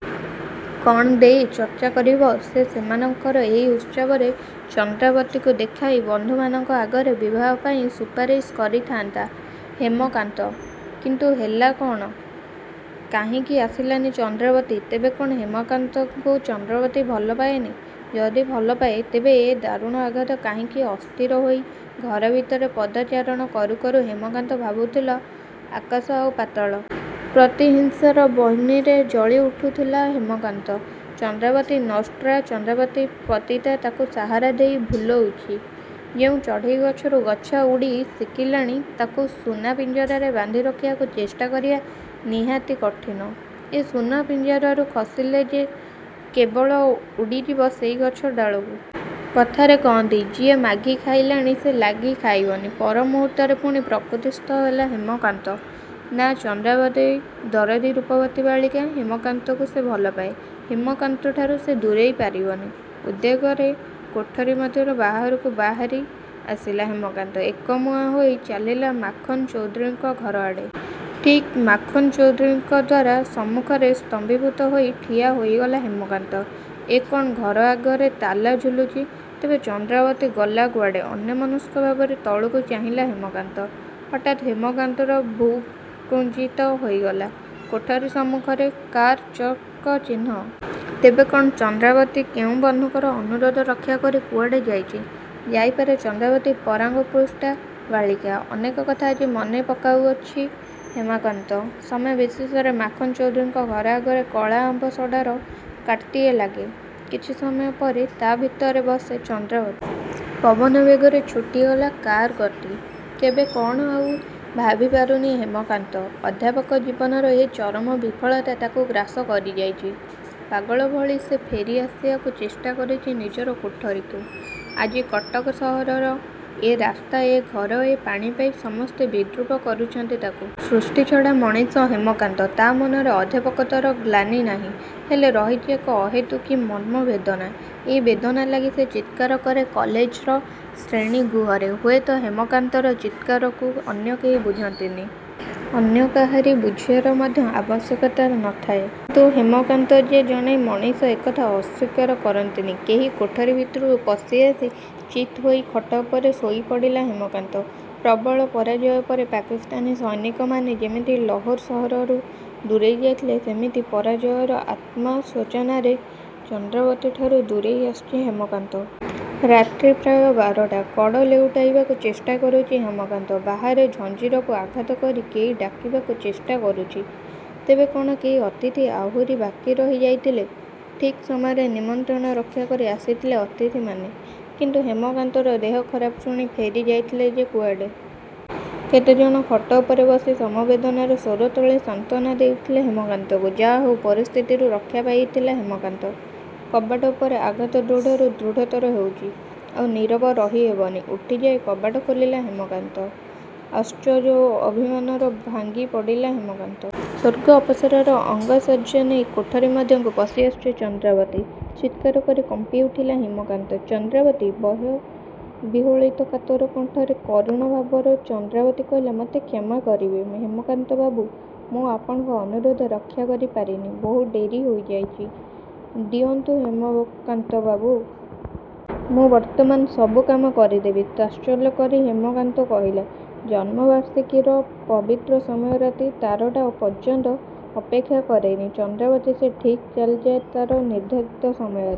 କ'ଣ ଦେଇ ଚର୍ଚ୍ଚା କରିବ ସେ ସେମାନଙ୍କର ଏଇ ଉତ୍ସବରେ ଚନ୍ଦ୍ରାବତୀକୁ ଦେଖାଇ ବନ୍ଧୁମାନଙ୍କ ଆଗରେ ବିବାହପାଇଁ ସୁପାରିଶ କରିଥାନ୍ତା ହେମକାନ୍ତ। କିନ୍ତୁ ହେଲା କ'ଣ? କାହିଁକି ଆସିଲାନି ଚନ୍ଦ୍ରାବତୀ ତେବେ କ'ଣ ହେମକାନ୍ତକୁ ଚନ୍ଦ୍ରାବତୀ ଭଲ ପାଏନି ଯଦି ଭଲ ପାଏ ତେବେ ଏ ଦାରୁଣ ଆଘାତ କାହିଁକି ଅସ୍ଥିର ହୋଇ ଘରଭିତରେ ପଦଚାରଣ କରୁ କରୁ ହେମକାନ୍ତ ଭାବୁଥିଲ ଆକାଶ ଆଉ ପାତାଳ। ପ୍ରତିହିଂସାର ବହ୍ନିରେ ଜଳି ଉଠୁଥିଲା ହେମକାନ୍ତ। ଚନ୍ଦ୍ରାବତୀ ନଷ୍ଟ୍ରା, ଚନ୍ଦ୍ରାବତୀ ପତୀତା। ତାକୁ ସାହାରା ଦେଇ ଭୁଲ୍ହୋଇଛି। ଯେଉଁ ଚଢ଼େଇ ଗଛରୁ ଗଛ ଉଡ଼ି ଶିଖିଲାଣି ତାକୁ ସୁନା ପିଞ୍ଜରାରେ ବାନ୍ଧି ରଖିବାକୁ ଚେଷ୍ଟା କରିବା ନିହାତି କଠିନ୍। ଏ ସୁନା ପିଞ୍ଜରାରୁ ଖସିଲେ ସେ କେବଳ ଉଡ଼ିଯିବ ସେହି ଗଛ ଡାଳକୁ। କଥାରେ କହନ୍ତି ଯିଏ ମାଗି ଖାଇଲାଣି ସେ ଲାଗି ଖାଇବନି। ପରମୁହୂର୍ତ୍ତରେ ପୁଣି ପ୍ରକୃତିସ୍ଥ ହେଲା ହେମକାନ୍ତ। ନାଁ ଚନ୍ଦ୍ରାବତୀ ଦରଦୀ ରୂପବତୀ ବାଳିକା, ହେମକାନ୍ତକୁ ସେ ଭଲପାଏ। ହେମକାନ୍ତଠାରୁ ସେ ଦୂରେଇ ପାରିବନି। ଉଦ୍ବେଗରେ କୋଠରୀ ମଧ୍ୟରୁ ବାହାରକୁ ବାହାରି ଆସିଲା ହେମକାନ୍ତ। ଏକମୁହାଁ ହୋଇ ଚାଲିଲା ମାଖନ୍ ଚୌଧୁରୀଙ୍କ ଘରଆଡ଼େ। ଠିକ୍ ମାଖନ୍ଚୌଧୁରୀଙ୍କ ଦ୍ୱାରା ସମ୍ମୁଖରେ ସ୍ତମ୍ଭୀଭୂତ ହୋଇ ଠିଆ ହୋଇଗଲା ହେମକାନ୍ତ। ଏ କ'ଣ ଘର ଆଗରେ ତାଲା ଝୁଲୁଛି। ତେବେ ଚନ୍ଦ୍ରାବତୀ ଗଲା କୁଆଡ଼େ ଅନ୍ୟମନସ୍କ ଭାବରେ ତଳକୁ ଚାହିଁଲା ହେମକାନ୍ତ। ହଠାତ୍ ହେମକାନ୍ତର ଭ୍ରୂକୁଞ୍ଚିତ ହୋଇଗଲା। କୋଠରୀ ସମ୍ମୁଖରେ କାର୍ର ଚକ ଚିହ୍ନ। ତେବେ କ'ଣ ଚନ୍ଦ୍ରାବତୀ କେଉଁ ବନ୍ଧୁଙ୍କର ଅନୁରୋଧ ରକ୍ଷାକରି କୁଆଡ଼େ ଯାଇଛି? ଯାଇପାରେ ଚନ୍ଦ୍ରାବତୀ ପରାଙ୍ଗପୁଷ୍ଟା ବାଳିକା। ଅନେକ କଥା ଆଜି ମନେ ପକାଉଛି ହେମକାନ୍ତ। ସମୟ ବିଶେଷରେ ମାଖନ୍ ଚୌଧୁରୀଙ୍କର ଘର ଆଗରେ କଳା ଆମ୍ବାସଡ଼ର କାର୍ଟିଏ ଲାଗେ। କିଛି ସମୟ ପରେ ତା' ଭିତରେ ବସେ ଚନ୍ଦ୍ରାବତୀ। ପବନ ବେଗରେ ଛୁଟିଚାଲେ କାର୍ର ଗତି। କେବେ କ'ଣ ଆଉ ଭାବି ପାରୁନି ହେମକାନ୍ତ। ଅଧ୍ୟାପକ ଜୀବନର ଏ ଚରମ ବିଫଳତା ତାକୁ ଗ୍ରାସ କରିଯାଇଛି। ପାଗଳ ଭଳି ସେ ଫେରି ଆସିବାକୁ ଚେଷ୍ଟାକରିଛି ନିଜର କୋଠରୀକୁ। ଆଜି କଟକ ସହରର ଏ ରାସ୍ତା ଏ ଘର ଏ ପାଣିପାଇପ୍ ସମସ୍ତେ ବିଦ୍ରୂପ କରୁଛନ୍ତି ତାକୁ। ସୃଷ୍ଟି ଛଡ଼ା ମଣିଷ ହେମକାନ୍ତ। ତା' ମନରେ ଅଧ୍ୟାପକତ୍ୱର ଗ୍ଲାନି ନାହିଁ। ହେଲେ ରହିଛି ଏକ ଅହେତୁକୀ ମର୍ମ ବେଦନା। ଏଇ ବେଦନା ଲାଗି ସେ ଚିତ୍କାର କରେ କଲେଜର ଶ୍ରେଣୀ ଗୃହରେ। ହୁଏତ ହେମକାନ୍ତର ଚିତ୍କାରକୁ ଅନ୍ୟ କେହି ବୁଝନ୍ତିନି। ଅନ୍ୟ କାହାରି ବୁଝିବାର ମଧ୍ୟ ଆବଶ୍ୟକତା ନ ଥାଏ। କିନ୍ତୁ ହେମକାନ୍ତ ଯେ ଜଣେ ମଣିଷ ଏକଥା ଅସ୍ୱୀକାର କରନ୍ତିନି କେହି କୋଠରୀ ଭିତରକୁ ପଶି ଆସି ଚିତ୍ ହୋଇ ଖଟଉପରେ ଶୋଇପଡ଼ିଲା ହେମକାନ୍ତ। ପ୍ରବଳ ପରାଜୟ ପରେ ପାକିସ୍ଥାନୀ ସୈନିକମାନେ ଯେମିତି ଲହୋର ସହରରୁ ଦୂରେଇ ଯାଇଥିଲେ ସେମିତି ପରାଜୟର ଆତ୍ମଶୋଚନାରେ ଚନ୍ଦ୍ରାବତୀଠାରୁ ଦୂରେଇ ଆସିଛି ହେମକାନ୍ତ। ରାତି ପ୍ରାୟ ବାରଟା। କଡ଼ ଲେଉଟାଇବାକୁ ଚେଷ୍ଟା କରୁଛି ହେମକାନ୍ତ। ବାହାରେ ଝଞ୍ଜିରକୁ ଆଘାତ କରି କେହି ଡାକିବାକୁ ଚେଷ୍ଟା କରୁଛି। ତେବେ କ'ଣ କେହି ଅତିଥି ଆହୁରି ବାକି ରହି ଯାଇଥିଲେ? ଠିକ୍ ସମୟରେ ନିମନ୍ତ୍ରଣ ରକ୍ଷାକରି ଆସିଥିଲେ ଅତିଥିମାନେ। କିନ୍ତୁ ହେମକାନ୍ତର ଦେହ ଖରାପ ଶୁଣି ଫେରି ଯାଇଥିଲେ ଯେ ଯୁଆଡ଼େ। କେତେ ଜଣ ଖଟ ଉପରେ ବସି ସମବେଦନାର ସ୍ୱର ତୋଳି ସାନ୍ତ୍ୱନା ଦେଇଥିଲେ ହେମକାନ୍ତକୁ। ଯାହାହେଉ ପରିସ୍ଥିତିରୁ ରକ୍ଷା ପାଇଥିଲା ହେମକାନ୍ତ। କବାଟ ଉପରେ ଆଘାତ ଦୃଢ଼ରୁ ଦୃଢ଼ତର ହେଉଛି। ଆଉ ନୀରବ ରହି ହେବନି, ଉଠିଯାଇ କବାଟ ଖୋଲିଲା ହେମକାନ୍ତ। ଆଶ୍ଚର୍ଯ୍ୟ ଓ ଅଭିମାନରେ ଭାଙ୍ଗି ପଡ଼ିଲା ହେମକାନ୍ତ। ସ୍ୱର୍ଗ ଅପସରାର ଅଙ୍ଗ ସଜ୍ଜା ନେଇ କୋଠରୀ ମଧ୍ୟକୁ ପଶିଆସୁଛି ଚନ୍ଦ୍ରାବତୀ। ଚିତ୍କାର କରି କମ୍ପି ଉଠିଲା ହେମକାନ୍ତ। ଚନ୍ଦ୍ରାବତୀ ଭୟବିହ୍ୱଳିତ କାତର କଣ୍ଠରେ କରୁଣ ଭାବରେ ଚନ୍ଦ୍ରାବତୀ କହିଲା ମୋତେ କ୍ଷମା କରିବେ ହେମକାନ୍ତ ବାବୁ ମୁଁ ଆପଣଙ୍କ ଅନୁରୋଧ ରକ୍ଷାକରି ପାରିନି। ବହୁ ଡେରି ହୋଇଯାଇଛି, ଦିଅନ୍ତୁ ହେମକାନ୍ତ ବାବୁ! ମୁଁ ବର୍ତ୍ତମାନ ସବୁ କାମ କରିଦେବିତାତ୍ସଲ୍ୟ କରି ହେମକାନ୍ତ କହିଲା ଜନ୍ମବାର୍ଷିକୀର ପବିତ୍ର ସମୟ ରାତି ତାରଟା ପର୍ଯ୍ୟନ୍ତ ଅପେକ୍ଷା କରେନି ଚନ୍ଦ୍ରାବତୀ ସେ ଠିକ୍ ଚାଲିଯାଏ ତା'ର ନିର୍ଦ୍ଧାରିତ ସମୟରେ।